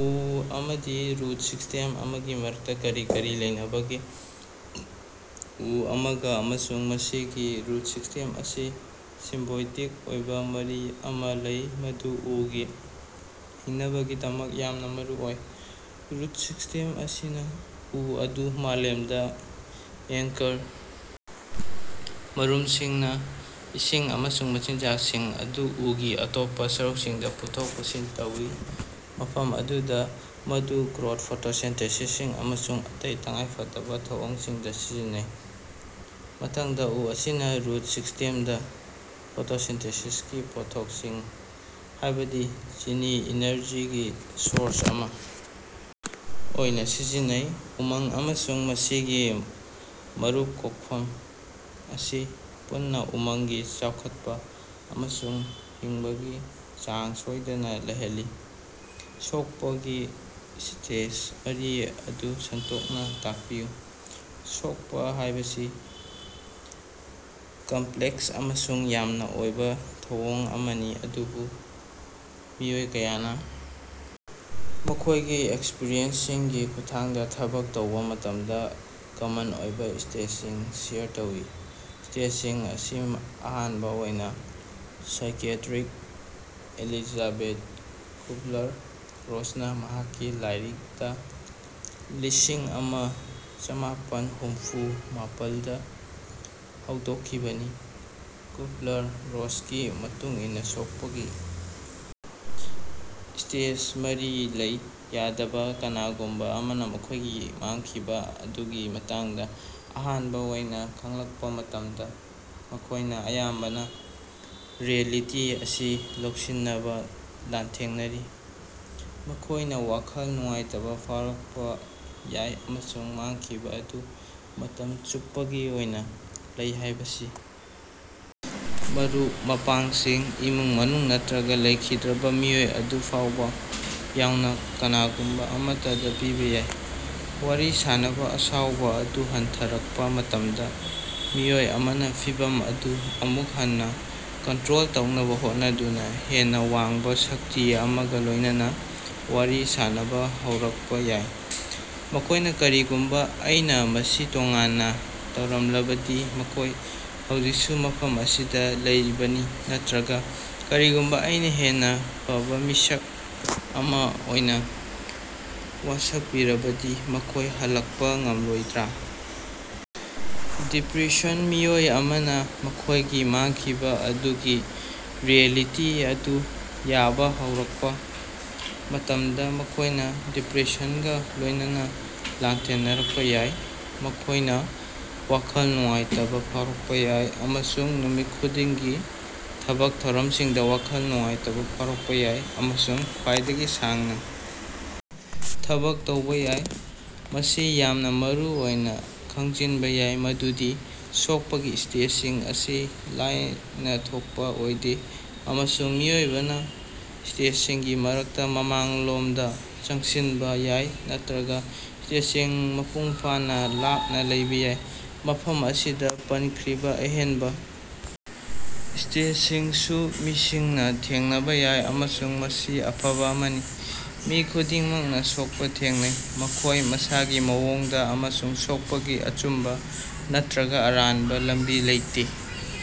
ꯎ ꯑꯃꯗꯤ root system ꯑꯃꯒꯤ ꯃꯔꯛꯇꯥ ꯀꯔꯤ ꯃꯔꯤ ꯂꯩꯅꯕꯒꯦ? ꯎ ꯑꯃꯒꯥ ꯑꯃꯁꯨꯡ ꯃꯁꯤꯒꯤ ꯔꯨꯠ ꯁꯤꯁ꯭ꯇꯦꯝ ꯑꯁꯤ ꯁꯤꯝꯕꯣꯏꯇꯤꯛ ꯑꯣꯏꯕꯥ ꯃꯔꯤ ꯑꯃꯥ ꯂꯩ ꯃꯗꯨ ꯎꯒꯤ ꯍꯤꯡꯅꯕꯒꯤꯗꯃꯛ ꯌꯥꯝꯅꯥ ꯃꯔꯨꯑꯣꯏ꯫ ꯔꯨꯠ ꯁꯤꯁ꯭ꯇꯦꯝ ꯑꯁꯤꯅꯥ ꯎ ꯑꯗꯨ ꯃꯥꯂꯦꯝꯗꯥ ꯑꯦꯡꯀꯔ ꯃꯔꯨꯝꯁꯤꯡꯅꯥ ꯏꯁꯤꯡ ꯑꯃꯁꯨꯡ ꯃꯆꯤꯟꯖꯥꯛꯁꯤꯡ ꯑꯗꯨ ꯎꯒꯤ ꯑꯇꯣꯞꯄꯥ ꯁꯔꯨꯛꯁꯤꯡꯗꯥ ꯄꯨꯊꯣꯛ ꯄꯨꯁꯤꯟ ꯇꯧꯏ ꯃꯐꯝ ꯑꯗꯨꯗꯥ ꯃꯗꯨ ꯒ꯭ꯔꯣꯊ ꯐꯣꯇꯣꯁꯤꯟꯊꯦꯁꯤꯁ ꯑꯃꯁꯨꯡ ꯑꯇꯩ ꯇꯉꯥꯏꯐꯗꯕꯥ ꯊꯧꯑꯣꯡꯁꯤꯡꯗꯥ ꯁꯤꯖꯤꯟꯅꯩ꯫ ꯃꯊꯪꯗꯥ ꯎ ꯑꯁꯤꯅꯥ ꯔꯨꯠ ꯁꯤꯁ꯭ꯇꯦꯝꯗꯥ ꯐꯣꯇꯣꯁꯤꯟꯊꯦꯁꯤꯁꯀꯤ ꯄꯣꯠꯊꯣꯛꯁꯤꯡ ꯍꯥꯏꯕꯗꯤ ꯆꯤꯅꯤ ꯏꯅꯔꯖꯤꯒꯤ ꯁꯣꯔꯁ ꯑꯃꯥ ꯑꯣꯏꯅꯥ ꯁꯤꯖꯤꯟꯅꯩ꯫ ꯎꯃꯪ ꯑꯃꯁꯨꯡ ꯃꯁꯤꯒꯤ ꯃꯔꯨꯝ ꯀꯣꯛꯐꯝ ꯑꯁꯤ ꯄꯨꯟꯅꯥ ꯎꯃꯪꯒꯤ ꯆꯥꯎꯈꯠꯄꯥ ꯑꯃꯁꯨꯡ ꯍꯤꯡꯕꯒꯤ ꯆꯥꯡ ꯁꯣꯏꯗꯅꯥ ꯂꯩꯍꯜꯂꯤ꯫ ꯁꯣꯛꯄꯒꯤ ꯁ꯭ꯇꯦꯖ ꯃꯔꯤ ꯑꯗꯨ ꯁꯟꯗꯣꯛꯅꯥ ꯇꯥꯛꯄꯤꯌꯨ꯫ ꯁꯣꯛꯄꯥ ꯍꯥꯏꯕꯁꯤ ꯀꯝꯄ꯭ꯂꯦꯛꯁ ꯑꯃꯁꯨꯡ ꯌꯥꯝꯅꯥ ꯑꯣꯏꯕꯥ ꯊꯧꯑꯣꯡ ꯑꯃꯅꯤ ꯑꯗꯨꯕꯨ ꯃꯤꯑꯣꯏ ꯀꯌꯥꯅꯥ ꯃꯈꯣꯏꯒꯤ ꯑꯦꯛꯁꯄꯔꯤꯌꯦꯟꯁꯁꯤꯡꯒꯤ ꯈꯨꯠꯊꯥꯡꯗꯥ ꯊꯕꯛ ꯇꯧꯕꯥ ꯃꯇꯝꯗꯥ ꯀꯃꯟ ꯑꯣꯏꯕꯥ ꯁ꯭ꯇꯦꯖꯁꯤꯡ ꯁꯦꯌꯔ ꯇꯧꯏ꯫ ꯁ꯭ꯇꯦꯖꯁꯤꯡ ꯑꯁꯤ ꯑꯍꯥꯟꯕꯥ ꯑꯣꯏꯅꯥ ꯁꯥꯏꯀꯤꯌꯥꯇ꯭ꯔꯤꯛ ꯑꯦꯂꯤꯖꯥꯕꯦꯊ ꯀꯨꯕꯂꯔ ꯔꯣꯁꯅꯥ ꯃꯍꯥꯛꯀꯤ ꯂꯥꯏꯔꯤꯛ ꯗꯥ ꯂꯤꯁꯤꯡ ꯑꯃ ꯆꯃꯥꯄꯟ ꯍꯨꯝꯐꯨ ꯃꯥꯄꯟꯗ ꯍꯧꯗꯣꯛꯈꯤꯕꯅꯤ ꯀꯨꯕꯂꯔ ꯔꯣꯁꯀꯤ ꯃꯇꯨꯡ ꯏꯟꯅ ꯁꯣꯛꯄꯒꯤ ꯁ꯭ꯇꯦꯖ ꯃꯔꯤ ꯂꯩ ꯌꯥꯗꯕꯥ ꯀꯅꯥꯒꯨꯝꯕꯥ ꯑꯃꯅꯥ ꯃꯈꯣꯏꯒꯤ ꯃꯥꯡꯈꯤꯕꯥ ꯑꯗꯨꯒꯤ ꯃꯇꯥꯡꯗꯥ ꯑꯍꯥꯟꯕꯥ ꯑꯣꯏꯅꯥ ꯈꯪꯂꯛꯄꯥ ꯃꯇꯝꯗ ꯃꯈꯣꯏꯅꯥ ꯑꯌꯥꯝꯕꯅꯥ ꯔꯤꯑꯦꯂꯤꯇꯤ ꯑꯁꯤ ꯂꯧꯁꯤꯟꯅꯕꯥ ꯂꯥꯟꯊꯦꯡꯅꯔꯤ꯫ ꯃꯈꯣꯏꯅꯥ ꯋꯥꯈꯜ ꯅꯨꯡꯉꯥꯏꯇꯕꯥ ꯐꯥꯎꯔꯛꯄꯥ ꯌꯥꯏ ꯑꯃꯁꯨꯡ ꯃꯥꯡꯈꯤꯕꯥ ꯑꯗꯨ ꯃꯇꯝ ꯆꯨꯞꯄꯒꯤ ꯑꯣꯏꯅꯥ ꯂꯩ ꯍꯥꯏꯕꯁꯤ ꯃꯔꯨꯞ ꯃꯄꯥꯡꯁꯤꯡ ꯏꯃꯨꯡ ꯃꯅꯨꯡ ꯅꯠꯇ꯭ꯔꯒꯥ ꯂꯩꯈꯤꯗ꯭ꯔꯕꯥ ꯃꯤꯑꯣꯏ ꯑꯗꯨ ꯐꯥꯎꯕꯥ ꯌꯥꯎꯅꯥ ꯀꯅꯥꯒꯨꯝꯕꯥ ꯑꯃꯠꯇꯗꯥ ꯄꯤꯕꯥ ꯌꯥꯏ꯫ ꯋꯥꯔꯤ ꯁꯥꯅꯕꯥ ꯑꯁꯥꯎꯕꯥ ꯑꯗꯨ ꯍꯟꯊꯔꯛꯄꯥ ꯃꯇꯝꯗꯥ ꯃꯤꯑꯣꯏ ꯑꯃꯅꯥ ꯐꯤꯚꯝ ꯑꯗꯨ ꯑꯃꯨꯛ ꯍꯟꯅꯥ ꯀꯟꯇ꯭ꯔꯣꯜ ꯇꯧꯅꯕꯥ ꯍꯣꯠꯅꯗꯨꯅꯥ ꯍꯦꯟꯅꯥ ꯋꯥꯡꯕꯥ ꯁꯛꯇꯤ ꯑꯃꯒꯥ ꯂꯣꯏꯅꯅꯥ ꯋꯥꯔꯤ ꯁꯥꯅꯕꯥ ꯍꯧꯔꯛꯄꯥ ꯌꯥꯏ꯫ ꯃꯈꯣꯏꯅꯥ ꯀꯔꯤꯒꯨꯝꯕꯥ ꯑꯩꯅꯥ ꯃꯁꯤ ꯇꯣꯉꯥꯟꯅꯥ ꯇꯧꯔꯝꯂꯕꯗꯤ ꯃꯈꯣꯏ ꯍꯧꯖꯤꯛꯁꯨ ꯃꯐꯝ ꯑꯁꯤꯗꯥ ꯂꯩꯔꯤꯕꯅꯤ ꯅꯠꯇ꯭ꯔꯒꯥ ꯀꯔꯤꯒꯨꯝꯕꯥ ꯑꯩꯅꯥ ꯍꯦꯟꯅꯥ ꯐꯕꯥ ꯃꯤꯁꯛ ꯑꯃꯥ ꯑꯣꯏꯅꯥ ꯋꯥꯁꯛꯄꯤꯔꯕꯗꯤ ꯃꯈꯣꯏ ꯍꯜꯂꯛꯄꯥ ꯉꯝꯂꯣꯏꯗ꯭ꯔꯥ? ꯗꯤꯄ꯭ꯔꯦꯁꯟ ꯃꯤꯑꯣꯏ ꯑꯃꯅꯥ ꯃꯈꯣꯏꯒꯤ ꯃꯥꯡꯈꯤꯕꯥ ꯑꯗꯨꯒꯤ ꯔꯤꯑꯦꯂꯤꯇꯤ ꯑꯗꯨ ꯌꯥꯕꯥ ꯍꯧꯔꯛꯄꯥ ꯃꯇꯝꯗ ꯃꯈꯣꯏꯅꯥ ꯗꯤꯄ꯭ꯔꯦꯁꯟꯒꯥ ꯂꯣꯏꯅꯅꯥ ꯂꯥꯟꯊꯦꯡꯅꯔꯛꯄꯥ ꯌꯥꯏ꯫ ꯃꯈꯣꯏꯅꯥ ꯋꯥꯈꯜ ꯅꯨꯡꯉꯥꯏꯇꯕꯥ ꯐꯥꯎꯔꯛꯄꯥ ꯌꯥꯏ ꯑꯃꯁꯨꯡ ꯅꯨꯃꯤꯠ ꯈꯨꯗꯤꯡꯒꯤ ꯊꯕꯛ ꯊꯧꯔꯝꯁꯤꯡꯗꯥ ꯋꯥꯈꯜ ꯅꯨꯡꯉꯥꯏꯇꯕꯥ ꯐꯥꯎꯔꯛꯄꯥ ꯌꯥꯏ꯫ ꯑꯃꯁꯨꯡ ꯈ꯭ꯋꯥꯏꯗꯒꯤ ꯁꯥꯡꯅꯥ ꯊꯕꯛ ꯇꯧꯕꯥ ꯌꯥꯏ꯫ ꯃꯁꯤ ꯌꯥꯝꯅꯥ ꯃꯔꯨꯑꯣꯏꯅꯥ ꯈꯪꯖꯤꯟꯕꯥ ꯌꯥꯏ ꯃꯗꯨꯗꯤ ꯁꯣꯛꯄꯒꯤ ꯁ꯭ꯇꯦꯖꯁꯤꯡ ꯑꯁꯤ ꯂꯥꯏꯅꯥ ꯊꯣꯛꯄꯥ ꯑꯣꯏꯗꯦ ꯑꯃꯁꯨꯡ ꯃꯤꯑꯣꯏꯕꯅꯥ ꯁ꯭ꯇꯦꯖꯁꯤꯡꯒꯤ ꯃꯔꯛꯇꯥ ꯃꯃꯥꯡꯂꯣꯝꯗꯥ ꯆꯪꯁꯤꯟꯕꯥ ꯌꯥꯏ ꯅꯠꯇ꯭ꯔꯒꯥ ꯁ꯭ꯇꯦꯖꯁꯤꯡ ꯃꯄꯨꯡ ꯐꯥꯅꯥ ꯂꯥꯞꯅꯥ ꯂꯩꯕꯥ ꯌꯥꯏ꯫ ꯃꯐꯝ ꯑꯁꯤꯗꯥ ꯄꯟꯈ꯭ꯔꯤꯕꯥ ꯑꯍꯦꯟꯕꯥ ꯁ꯭ꯇꯦꯖꯁꯤꯡꯁꯨ ꯃꯤꯁꯤꯡꯅꯥ ꯊꯦꯡꯅꯕꯥ ꯌꯥꯏ ꯑꯃꯁꯨꯡ ꯃꯁꯤ ꯑꯐꯕꯥ ꯑꯃꯅꯤ꯫ ꯃꯤ ꯈꯨꯗꯤꯡꯃꯛꯅꯥ ꯁꯣꯛꯄꯥ ꯊꯦꯡꯅꯩ꯫ ꯃꯈꯣꯏ ꯃꯁꯥꯒꯤ ꯃꯑꯣꯡꯗꯥ ꯑꯃꯁꯨꯡ ꯁꯣꯛꯄꯒꯤ ꯑꯆꯨꯝꯕꯥ ꯅꯠꯇ꯭ꯔꯒꯥ ꯑꯔꯥꯟꯕꯥ ꯂꯝꯕꯤ ꯂꯩꯇꯦ꯫